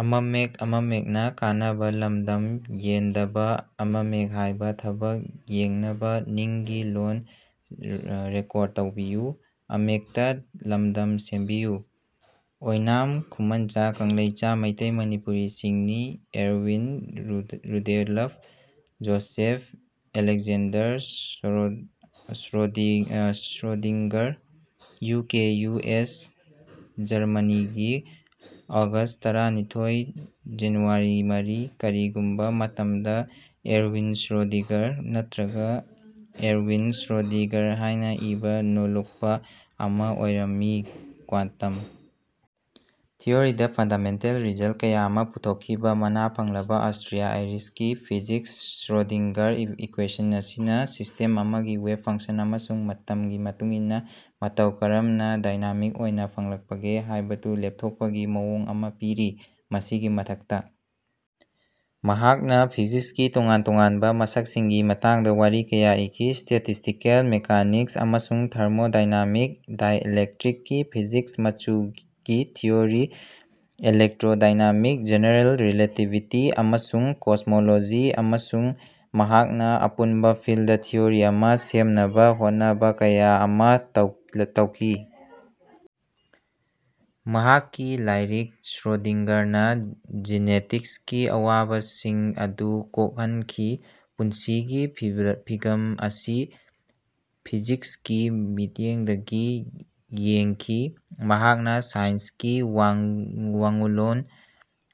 ꯑꯣꯢꯅꯥꯝ, ꯈꯨꯃꯟꯆꯥ, ꯀꯪꯂꯩꯆꯥ, ꯃꯩꯩꯇꯩ ꯃꯅꯤꯄꯨꯔꯤꯁꯤꯡꯅꯤ। Erwin Rudolf Josef Alexander Schrödinger (U. K., U. S. ꯖꯔꯃꯅꯤꯒꯤ ꯑꯣꯒꯁ꯭ꯠ ꯇꯔꯥꯅꯤꯊꯣꯢ, ꯖꯅꯨꯋꯥꯔꯤ ꯃꯔꯤ), ꯀꯔꯤꯒꯨꯝꯕꯥ ꯃꯇꯝꯗꯥ ꯏꯔꯋꯤꯟ ꯁ꯭ꯔꯣꯗꯤꯡꯒꯔ ꯅꯠꯇ꯭ꯔꯒ ꯑꯦꯔꯋꯤꯟ ꯁ꯭ꯔꯣꯗꯤꯟꯖꯔ ꯍꯥꯏꯅ ꯏꯕꯥ, ꯅꯣꯜꯂꯨꯛꯄꯥ ꯑꯃꯥ ꯑꯣꯏꯔꯝꯃꯤ꯫ ꯀ꯭ꯋꯥꯟꯇꯝ ꯊꯤꯑꯣꯔꯤꯗꯥ ꯐꯟꯗꯥꯃꯦꯟꯇꯦꯜ ꯔꯤꯖꯜꯇ ꯀꯌꯥ ꯑꯃꯥ ꯄꯨꯊꯣꯛꯈꯤꯕꯥ ꯃꯅꯥ ꯐꯪꯂꯕꯥ ꯑꯣꯁꯇ꯭ꯔꯤꯌꯥ-ꯑꯥꯏꯔꯤꯁꯀꯤ ꯐꯤꯖꯤꯛꯁ ꯁ꯭ꯔꯣꯗꯤꯡꯒꯔ ꯏꯛꯀ꯭ꯨꯋꯦꯁꯟ ꯑꯁꯤꯅꯥ ꯁꯤꯁꯇꯦꯝ ꯑꯃꯒꯤ ꯋꯦꯕ ꯐꯪꯁꯟ ꯑꯃꯁꯨꯡ ꯃꯇꯝꯒꯤ ꯃꯇꯨꯡ ꯏꯟꯅꯥ ꯃꯇꯧ ꯀꯔꯝꯅꯥ ꯗꯥꯏꯅꯥꯃꯤꯛ ꯑꯣꯏꯅꯥ ꯍꯣꯡꯂꯛꯄꯒꯦ ꯍꯥꯏꯕꯗꯨ ꯂꯦꯞꯊꯣꯛꯄꯒꯤ ꯃꯑꯣꯡ ꯑꯃꯥ ꯄꯤꯔꯤ꯫ ꯃꯁꯤꯒꯤ ꯃꯊꯛꯇꯥ, ꯃꯍꯥꯛꯅꯥ ꯐꯤꯖꯤꯛꯁꯀꯤ ꯇꯣꯉꯥꯟ ꯇꯣꯉꯥꯟꯕ ꯃꯁꯛꯁꯤꯡꯒꯤ ꯃꯇꯥꯡꯗꯥ ꯋꯥꯔꯤ ꯀꯌꯥ ꯏꯈꯤ ꯁ꯭ꯇꯦꯇꯤꯁꯇꯤꯀꯦꯜ ꯃꯦꯀꯥꯅꯤꯛꯁ ꯑꯃꯁꯨꯡ ꯊꯔꯃꯣꯗꯥꯏꯅꯥꯃꯤꯛꯁ, ꯗꯥꯏꯑꯦꯂꯛꯇ꯭ꯔꯤꯛꯁꯀꯤ ꯐꯤꯖꯤꯛꯁ, ꯃꯆꯨꯒꯤ ꯊꯤꯑꯣꯔꯤ, ꯏꯂꯦꯛꯇ꯭ꯔꯣꯗꯥꯏꯅꯥꯃꯤꯛ, ꯖꯦꯅꯦꯔꯦꯜ ꯔꯤꯂꯦꯇꯤꯕꯤꯇꯤ, ꯑꯃꯁꯨꯡ ꯀꯣꯁꯃꯣꯂꯣꯖꯤ, ꯑꯃꯁꯨꯡ ꯃꯍꯥꯛꯅꯥ ꯑꯄꯨꯟꯕ ꯐꯤꯜꯗ ꯊꯤꯑꯣꯔꯤ ꯑꯃꯥ ꯁꯦꯝꯅꯕ ꯍꯣꯠꯅꯕ ꯀꯌꯥ ꯑꯃꯥ ꯇꯧꯈꯤ꯫ ꯃꯍꯥꯛꯀꯤ ꯂꯥꯏꯔꯤꯛ, ꯁ꯭ꯔꯣꯗꯤꯡꯒꯔꯅꯥ ꯖꯤꯅꯦꯇꯤꯛꯁꯀꯤ ꯑꯋꯥꯕꯁꯤꯡ ꯑꯗꯨ ꯀꯣꯛꯍꯟꯈꯤ, ꯄꯨꯟꯁꯤꯒꯤ ꯐꯤꯒꯝ ꯑꯁꯤ ꯐꯤꯖꯤꯛꯁꯀꯤ ꯃꯤꯠꯌꯦꯡꯗꯒꯤ ꯌꯦꯡꯈꯤ꯫ ꯃꯍꯥꯛꯅꯥ ꯁꯥꯏꯟꯁꯀꯤ ꯋꯥꯡꯉꯨꯂꯣꯟ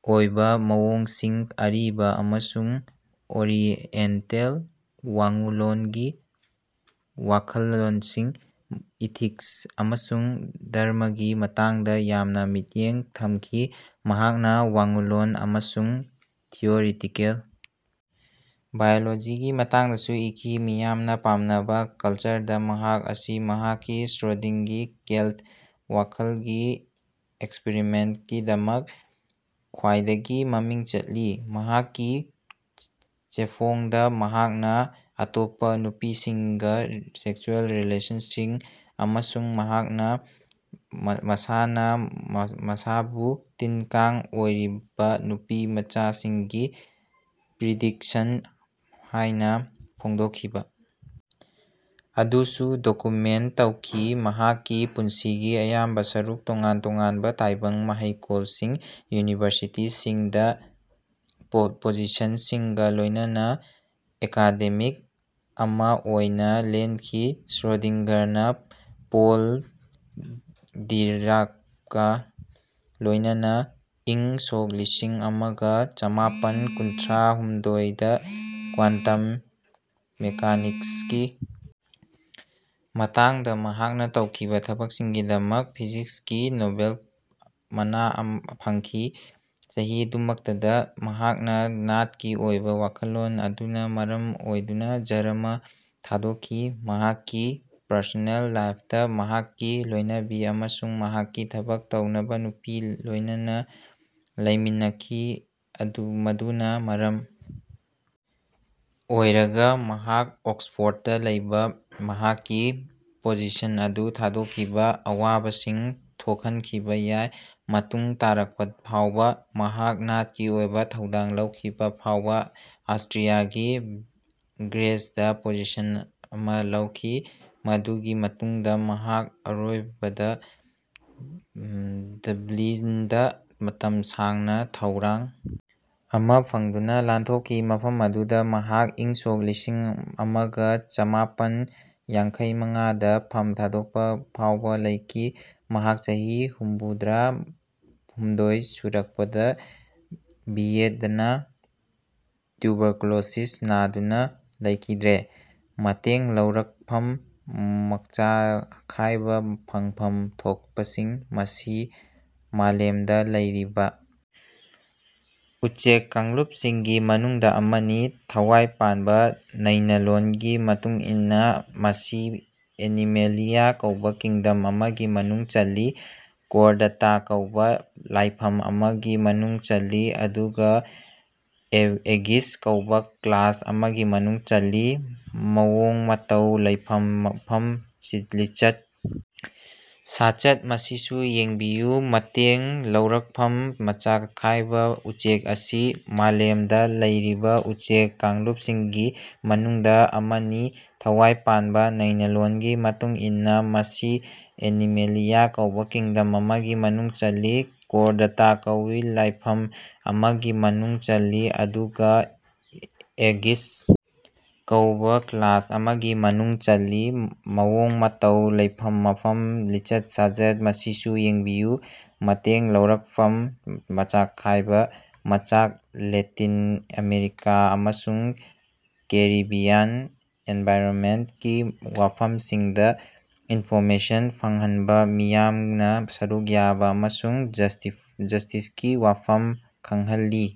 ꯑꯣꯏꯕ ꯃꯑꯣꯡꯁꯤꯡ, ꯑꯔꯤꯕ, ꯑꯃꯁꯨꯡ ꯑꯣꯔꯤꯑꯦꯟꯇꯦꯜ ꯋꯥꯉꯨꯂꯣꯟꯒꯤ ꯋꯥꯈꯜꯂꯣꯟꯁꯤꯡ, ꯏꯊꯤꯛꯁ ꯑꯃꯁꯨꯡ ꯙꯔꯃꯒꯤ ꯃꯇꯥꯡꯗꯥ ꯌꯥꯝꯅꯥ ꯃꯤꯠꯌꯦꯡ ꯊꯝꯈꯤ꯫ ꯃꯍꯥꯛꯅ ꯋꯥꯡꯉꯨꯂꯣꯟ ꯑꯃꯁꯨꯡ ꯊꯤꯑꯣꯔꯤꯇꯤꯀꯦꯜ ꯕꯥꯏꯑꯣꯂꯣꯖꯤꯒꯤ ꯃꯇꯥꯡꯗꯁꯨ ꯏꯈꯤ꯫ ꯃꯤꯌꯥꯝꯅ ꯄꯥꯝꯅꯕ ꯀꯜꯆꯔꯗ, ꯃꯍꯥꯛ ꯑꯁꯤ ꯃꯍꯥꯛꯀꯤ "ꯁ꯭ꯔꯣꯗꯤꯡꯒꯤ ꯀꯦꯠꯜ" ꯋꯥꯈꯜꯒꯤ ꯑꯦꯛꯁꯄ꯭ꯔꯤꯃꯦꯟꯇꯀꯤꯗꯃꯛ ꯈ꯭ꯋꯥꯏꯗꯒꯤ ꯃꯃꯤꯡ ꯆꯠꯂꯤ꯫ ꯃꯍꯥꯛꯀꯤ ꯆꯦꯐꯣꯡꯗ ꯃꯍꯥꯛꯅꯥ ꯑꯇꯣꯞꯄꯥ ꯅꯨꯄꯤꯁꯤꯡꯒꯥ ꯁꯦꯛꯁꯨꯑꯦꯜ ꯔꯤꯂꯦꯁꯟꯁꯤꯡ ꯑꯃꯁꯨꯡ ꯃꯍꯥꯛꯅꯥ ꯃꯁꯥꯅꯥ ꯃꯁꯥꯕꯨ ꯇꯤꯟ-ꯀꯥꯡ ꯑꯣꯏꯔꯤꯕꯥ ꯅꯨꯄꯤꯃꯆꯥꯁꯤꯡꯒꯤ ꯄ꯭ꯔꯤꯗꯤꯛꯁꯟ ꯍꯥꯏꯅ ꯐꯣꯡꯗꯣꯛꯈꯤꯕ ꯑꯗꯨꯁꯨ ꯗꯣꯀꯨꯃꯦꯟꯇ ꯇꯧꯈꯤ꯫ ꯃꯍꯥꯛꯀꯤ ꯄꯨꯟꯁꯤꯒꯤ ꯑꯌꯥꯝꯕ ꯁꯔꯨꯛ ꯇꯣꯉꯥꯟ ꯇꯣꯉꯥꯟꯕꯥ ꯇꯥꯏꯕꯪ ꯃꯍꯩꯀꯣꯜꯁꯤꯡ ( ꯌꯨꯅꯤꯚꯔꯁꯤꯇꯤꯁꯤꯡ) ꯗꯥ ꯄꯣꯖꯤꯁꯟꯁꯤꯡꯒꯥ ꯂꯣꯏꯅꯅꯥ ꯑꯦꯀꯥꯗꯦꯃꯤꯛ ꯑꯃꯥ ꯑꯣꯏꯅꯥ ꯂꯦꯟꯈꯤ, ꯁ꯭ꯔꯣꯗꯤꯡꯒꯔꯅꯥ ꯄꯣꯜ ꯗꯤꯔꯥꯛꯀꯥ ꯂꯣꯏꯅꯅꯥ ꯢꯪ ꯁꯣꯛ ꯂꯤꯁꯤꯡ ꯑꯃꯒ ꯆꯃꯥꯄꯟ ꯀꯨꯟꯊ꯭ꯔꯥꯍꯨꯝꯗꯣꯢ ꯗꯥ ꯀ꯭ꯋꯥꯟꯇꯝ ꯃꯦꯀꯥꯅꯤꯛꯁꯀꯤ ꯃꯇꯥꯡꯗ ꯃꯍꯥꯛꯅꯥ ꯇꯧꯈꯤꯕ ꯊꯕꯛꯁꯤꯡꯒꯤꯗꯃꯛ ꯐꯤꯖꯤꯛꯁꯀꯤ ꯅꯣꯕꯦꯜ ꯃꯅꯥ ꯐꯪꯈꯤ, ꯆꯍꯤ ꯑꯗꯨꯃꯛꯇꯗ ꯃꯍꯥꯛꯅ ꯅꯥꯠꯀꯤ ꯑꯣꯏꯕ ꯋꯥꯈꯜꯂꯣꯟ ꯑꯗꯨꯅ ꯃꯔꯝ ꯑꯣꯏꯗꯨꯅ ꯖꯔꯃ ꯊꯥꯗꯣꯛꯈꯤ꯫ ꯃꯍꯥꯛꯀꯤ ꯄꯔꯁꯣꯅꯦꯜ ꯂꯥꯏꯐꯇꯥ ꯃꯍꯥꯛꯀꯤ ꯂꯣꯏꯅꯕꯤ ꯑꯃꯁꯨꯡ ꯃꯍꯥꯛꯀꯤ ꯊꯕꯛ ꯇꯧꯅꯕ ꯅꯨꯄꯤ ꯂꯣꯏꯅꯅꯥ ꯂꯩꯃꯤꯟꯅꯈꯤ ꯃꯗꯨꯅꯥ ꯃꯔꯝ ꯑꯣꯏꯔꯒꯥ ꯃꯍꯥꯛ ꯑꯣꯛꯁꯐꯣꯔꯗꯇꯥ ꯂꯩꯕꯥ ꯃꯍꯥꯛꯀꯤ ꯄꯣꯖꯤꯁꯟ ꯑꯗꯨ ꯊꯥꯗꯣꯛꯈꯤꯕꯥ ꯑꯋꯥꯕꯁꯤꯡ ꯊꯣꯛꯍꯟꯈꯤꯕ ꯌꯥꯏ꯫ ꯃꯇꯨꯡ ꯇꯥꯔꯛꯄ ꯐꯥꯎꯕ, ꯃꯍꯥꯛ ꯅꯥꯠꯀꯤ ꯑꯣꯏꯕ ꯊꯧꯗꯥꯡ ꯂꯧꯈꯤꯕ ꯐꯥꯎꯕ ꯑꯁꯇ꯭ꯔꯤꯌꯥꯒꯤ ꯒ꯭ꯔꯦꯖꯗꯥ ꯄꯣꯖꯤꯁꯟ ꯑꯃꯥ ꯂꯧꯈꯤ, ꯃꯗꯨꯒꯤ ꯃꯇꯨꯡꯗꯥ ꯃꯍꯥꯛ ꯑꯔꯣꯏꯕꯗꯥ ꯗꯕ꯭ꯂꯤꯟꯗꯥ ꯃꯇꯝ ꯁꯥꯡꯅ ꯊꯧꯔꯥꯡ ꯑꯃꯥ ꯐꯪꯗꯨꯅꯥ ꯂꯥꯟꯊꯣꯛꯈꯤ ꯃꯐꯝ ꯑꯗꯨꯗꯥ ꯃꯍꯥꯛ ꯏꯪ ꯁꯣꯛ ꯂꯤꯁꯤꯡ ꯑꯃꯒ ꯆꯃꯥꯄꯟ ꯌꯥꯡꯈꯩꯃꯉꯥ ꯗꯥ ꯐꯝ ꯊꯥꯗꯣꯛꯄ ꯐꯥꯎꯕ ꯂꯩꯈꯤ, ꯃꯍꯥꯛ ꯆꯍꯤ ꯍꯨꯝꯐꯨꯗ꯭ꯔꯥꯍꯨꯝꯗꯣꯢ ꯁꯨꯔꯛꯄꯗꯥ ꯚꯤꯌꯦꯠꯅꯥꯗꯥ ꯇ꯭ꯌꯨꯕꯔꯀꯨꯂꯣꯁꯤꯁꯅꯥ ꯅꯥꯗꯨꯅꯥ ꯂꯩꯈꯤꯗ꯭ꯔꯦ꯫ ꯃꯇꯦꯡ ꯂꯧꯔꯛꯐꯝ ꯃꯆꯥꯈꯥꯏꯕ ꯐꯪꯐꯝ ꯊꯣꯛꯄꯁꯤꯡ ꯃꯁꯤ ꯃꯥꯂꯦꯝꯗ ꯂꯩꯔꯤꯕ ꯎꯆꯦꯛ ꯀꯥꯡꯂꯨꯞꯁꯤꯡꯒꯤ ꯃꯅꯨꯡꯗ ꯑꯃꯅꯤ꯫ ꯊꯋꯥꯢ ꯄꯥꯟꯕ ꯅꯩꯅꯂꯣꯟꯒꯤ ꯃꯇꯨꯡꯏꯟꯅ ꯃꯁꯤ ꯑꯦꯅꯤꯃꯦꯂꯤꯌꯥ ꯀꯧꯕ ꯀꯤꯡꯗꯝ ꯑꯃꯒꯤ ꯃꯅꯨꯡ ꯆꯜꯂꯤ, ꯀꯣꯔꯗꯥꯇꯥ ꯀꯧꯕ ꯐꯥꯢꯂꯝ ꯑꯃꯒꯤ ꯃꯅꯨꯡ ꯆꯜꯂꯤ ꯑꯗꯨꯒ ꯑꯦꯚꯤꯁ ꯀꯧꯕ ꯀ꯭ꯂꯥꯁ ꯑꯃꯒꯤ ꯃꯅꯨꯡ ꯆꯜꯂꯤ꯫ ꯃꯑꯣꯡ ꯃꯇꯧ ꯂꯩꯐꯝ ꯃꯐꯝ ꯂꯤꯆꯠ ꯁꯥꯆꯠ ꯃꯁꯤꯁꯨ ꯌꯦꯡꯕꯤꯌꯨ ꯃꯇꯦꯡ ꯂꯧꯔꯛꯐꯝ ꯃꯆꯥꯈꯥꯏꯕ ꯎꯆꯦꯛ ꯃꯁꯤ ꯃꯥꯂꯦꯝꯗ ꯂꯩꯔꯤꯕ ꯎꯆꯦꯛ ꯀꯥꯡꯂꯨꯞꯁꯤꯡꯒꯤ ꯃꯅꯨꯡꯗ ꯑꯃꯅꯤ꯫ ꯊꯋꯥꯢ ꯄꯥꯟꯕ ꯅꯩꯅꯂꯣꯟꯒꯤ ꯃꯇꯨꯡꯏꯟꯅ ꯃꯁꯤ ꯑꯦꯅꯤꯃꯦꯂꯤꯌꯥ ꯀꯧꯕ ꯀꯤꯡꯗꯝ ꯑꯃꯒꯤ ꯃꯅꯨꯡ ꯆꯜꯂꯤ, ꯀꯣꯔꯗꯥꯇꯥ ꯀꯧꯕ ꯐꯥꯢꯐꯝ ꯑꯃꯒꯤ ꯃꯅꯨꯡ ꯆꯜꯂꯤ ꯑꯗꯨꯒ ꯑꯦꯚꯤꯁ ꯀꯧꯕ ꯀ꯭ꯂꯥꯁ ꯑꯃꯒꯤ ꯃꯅꯨꯡ ꯆꯜꯂꯤ꯫ ꯃꯑꯣꯡ ꯃꯇꯧ ꯂꯩꯐꯝ ꯃꯐꯝ ꯂꯤꯆꯠ ꯁꯥꯆꯠ ꯃꯁꯤꯁꯨ ꯌꯦꯡꯕꯤꯌꯨ ꯃꯇꯦꯡ ꯂꯧꯔꯛꯐꯝ ꯃꯆꯥꯈꯥꯏꯕ ꯃꯆꯥꯛ ꯂꯦꯇꯤꯟ ꯑꯃꯦꯔꯤꯀꯥ ꯑꯃꯁꯨꯡ ꯀꯦꯔꯤꯕꯤꯌꯥꯟ ꯑꯦꯟꯚꯥꯏꯔꯣꯃꯦꯟꯇꯀꯤ ꯋꯥꯐꯝꯁꯤꯡꯗꯥ ꯏꯟꯐꯣꯔꯃꯦꯁꯟ ꯐꯪꯍꯟꯕꯥ, ꯃꯤꯌꯥꯝꯅꯥ ꯁꯔꯨꯛ ꯌꯥꯕꯥ ꯑꯃꯁꯨꯡ ꯖꯁꯇꯤꯁꯀꯤ ꯋꯥꯐꯝ ꯈꯪꯍꯜꯂꯤ꯫